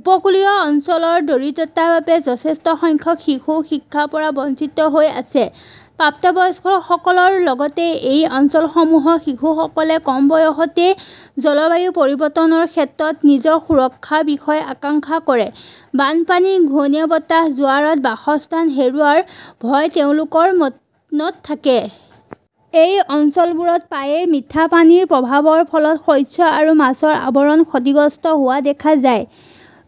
উপকূলীয় অঞ্চলৰ দৰিদ্ৰতাৰ বাবে যথেষ্ট সংখ্যক শিশু শিক্ষাৰ পৰা বঞ্চিত হৈ আছে। প্ৰাপ্তবয়স্কসকলৰ লগতে এই অঞ্চলসমূহৰ শিশুসকলে কম বয়সতে জলবায়ু পৰিৱৰ্তনৰ ক্ষেত্ৰত নিজৰ সুৰক্ষাৰ বিষয়ে আশংকা কৰে। বানপানী, ঘূৰ্ণীবতাহ, জোৱাৰত বাসস্থান হেৰুওৱাৰ ভয় তেওঁলোকৰ মনত থাকে। এই অঞ্চলবোৰত প্ৰায়ে মিঠা পানীৰ প্ৰৱাহৰ ফলত শস্য আৰু মাছৰ আৱৰণ ক্ষতিগ্ৰস্ত হোৱা দেখা যায়।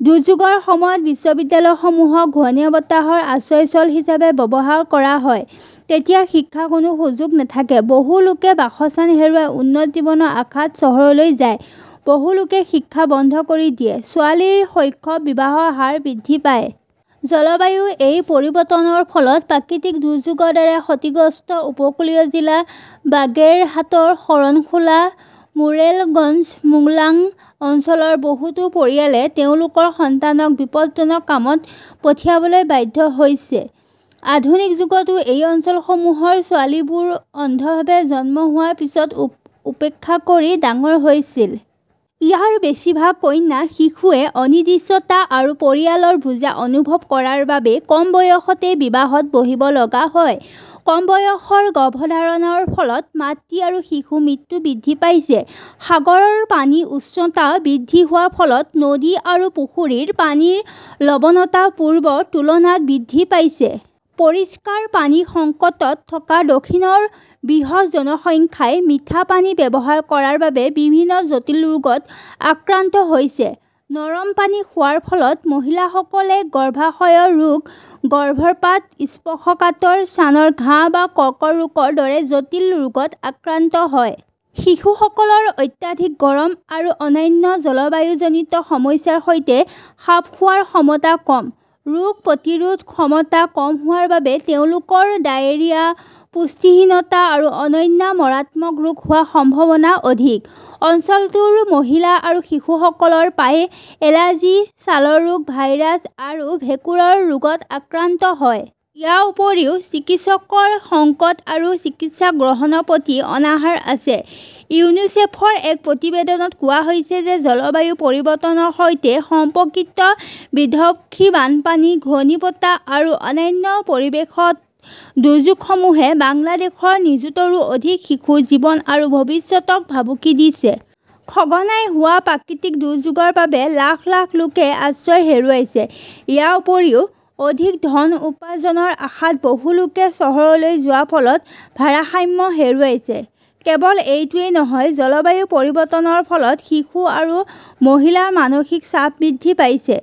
দুৰ্যোগৰ সময়ত বিদ্যালয়সমূহক ঘূৰ্ণীবতাহৰ আশ্ৰয়স্থল হিচাপে ব্যৱহাৰ কৰা হয়। তেতিয়া শিক্ষাৰ কোনো সুযোগ নাথাকে। বহু লোকে বাসস্থান হেৰুৱাই উন্নত জীৱনৰ আশাত চহৰলৈ যায়, বহু লোকে শিক্ষা বন্ধ কৰি দিয়ে, ছোৱালীৰ শৈশৱ, বিবাহৰ হাৰ বৃদ্ধি পায়। জলবায়ুৰ এই পৰিৱৰ্তনৰ ফলত প্ৰাকৃতিক দুৰ্যোগৰ দ্বাৰা ক্ষতিগ্ৰস্ত উপকূলীয় জিলা বাগেৰহাটৰ শৰণখোলা, মোৰেলগঞ্জ, মোংলা অঞ্চলৰ বহুতো পৰিয়ালে তেওঁলোকৰ সন্তানক বিপদজনক কামত পঠিয়াবলৈ বাধ্য হৈছে। আধুনিক যুগতো এই অঞ্চলসমূহৰ ছোৱালীবোৰ অন্ধভাৱে জন্ম হোৱাৰ পিছত উপেক্ষা কৰি ডাঙৰ হৈছিল। ইয়াৰ বেছিভাগ কন্যা শিশুৱে অনিৰ্দিষ্টতা আৰু পৰিয়ালৰ বোজা অনুভৱ কৰাৰ বাবে কম বয়সতে বিবাহত বহিব লগা হয়। কম বয়সৰ গৰ্ভধাৰণৰ ফলত মাতৃ আৰু শিশুৰ মৃত্যু বৃদ্ধি পাইছে। সাগৰৰ পানীৰ উচ্চতা বৃদ্ধি হোৱাৰ ফলত নদী আৰু পুখুৰীৰ পানীৰ লবনতা পূৰ্বৰ তুলনাত বৃদ্ধি পাইছে। পৰিষ্কাৰ পানীৰ সংকটত থকা দক্ষিণৰ বৃহৎ জনসংখ্যাই মিঠা পানী ব্যৱহাৰ কৰাৰ বাবে বিভিন্ন জটিল ৰোগত আক্ৰান্ত হৈছে। নৰম পানী খোৱাৰ ফলত মহিলাসকলে গৰ্ভাশয়ৰ ৰোগ, গৰ্ভপাত, স্পৰ্শকাতৰ স্থানৰ ঘাঁ বা কৰ্কট ৰোগৰ দৰে জটিল ৰোগত আক্ৰান্ত হয়। শিশুসকলৰ অত্যাধিক গৰম আৰু অন্যান্য জলবায়ুজনিত সমস্যাৰ সৈতে খাপ খোৱাৰ ক্ষমতা কম। ৰোগ প্ৰতিৰোধ ক্ষমতা কম হোৱাৰ বাবে তেওঁলোকৰ ডায়েৰিয়া, পুষ্টিহীনতা আৰু অন্যান্য মাৰাত্মক ৰোগ হোৱাৰ সম্ভাৱনা অধিক। অঞ্চলটোৰ মহিলা আৰু শিশুসকল প্ৰায়ে এলাৰ্জি, ছালৰ ৰোগ, ভাইৰাছ আৰু ভেঁকুৰৰ ৰোগত আক্ৰান্ত হয়। ইয়াৰ উপৰিও চিকিৎসকৰ সংকট আৰু চিকিৎসা গ্ৰহণৰ প্ৰতি অনাহাৰ আছে। ইউনিচেফৰ এক প্ৰতিবেদনত কোৱা হৈছে যে জলবায়ু পৰিৱৰ্তনৰ সৈতে সম্পৰ্কিত বিধ্বংসী বানপানী, ঘূৰ্ণীবতাহ আৰু অন্যান্য পৰিৱেশগত দুৰ্যোগসমূহে বাংলাদেশৰ নিযুতৰো অধিক শিশুৰ জীৱন আৰু ভৱিষ্যতক ভাবুকি দিছে। সঘনাই হোৱা প্ৰাকৃতিক দুৰ্যোগৰ বাবে লাখ লাখ লোকে আশ্ৰয় হেৰুৱাইছে। ইয়াৰ উপৰিও, অধিক ধন উপাৰ্জনৰ আশাত বহু লোকে চহৰলৈ যোৱাৰ ফলত ভাৰসাম্য হেৰুৱাইছে। কেৱল এইটোৱেই নহয়, জলবায়ু পৰিৱৰ্তনৰ ফলত শিশু আৰু মহিলাৰ মানসিক চাপ বৃদ্ধি পাইছে,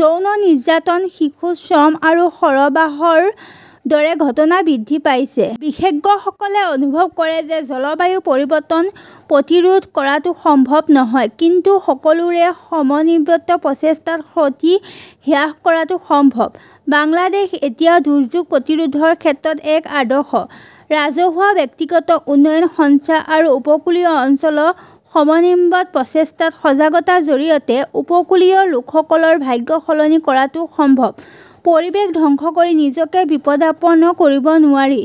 যৌন নিৰ্যাতন, শিশু শ্ৰম আৰু সৰবৰাহৰ দৰে ঘটনা বৃদ্ধি পাইছে। বিশেষজ্ঞসকলে অনুভৱ কৰে যে জলবায়ু পৰিৱৰ্তন প্ৰতিৰোধ কৰাটো সম্ভৱ নহয়, কিন্তু সকলোৰে সমন্বিত প্ৰচেষ্টাত ক্ষতি হ্ৰাস কৰাটো সম্ভৱ। বাংলাদেশ এতিয়া দুৰ্যোগ প্ৰতিৰোধৰ ক্ষেত্ৰত এক আদৰ্শ। ৰাজহুৱা, ব্যক্তিগত উন্নয়ন সংস্থা আৰু উপকূলীয় অঞ্চলৰ সমন্বিত প্ৰচেষ্টাত সজাগতাৰ জৰিয়তে উপকূলীয় লোকসকলৰ ভাগ্য সলনি কৰাটো সম্ভৱ। পৰিৱেশ ধ্বংস কৰি নিজকে বিপদাপন্ন কৰিব নোৱাৰি।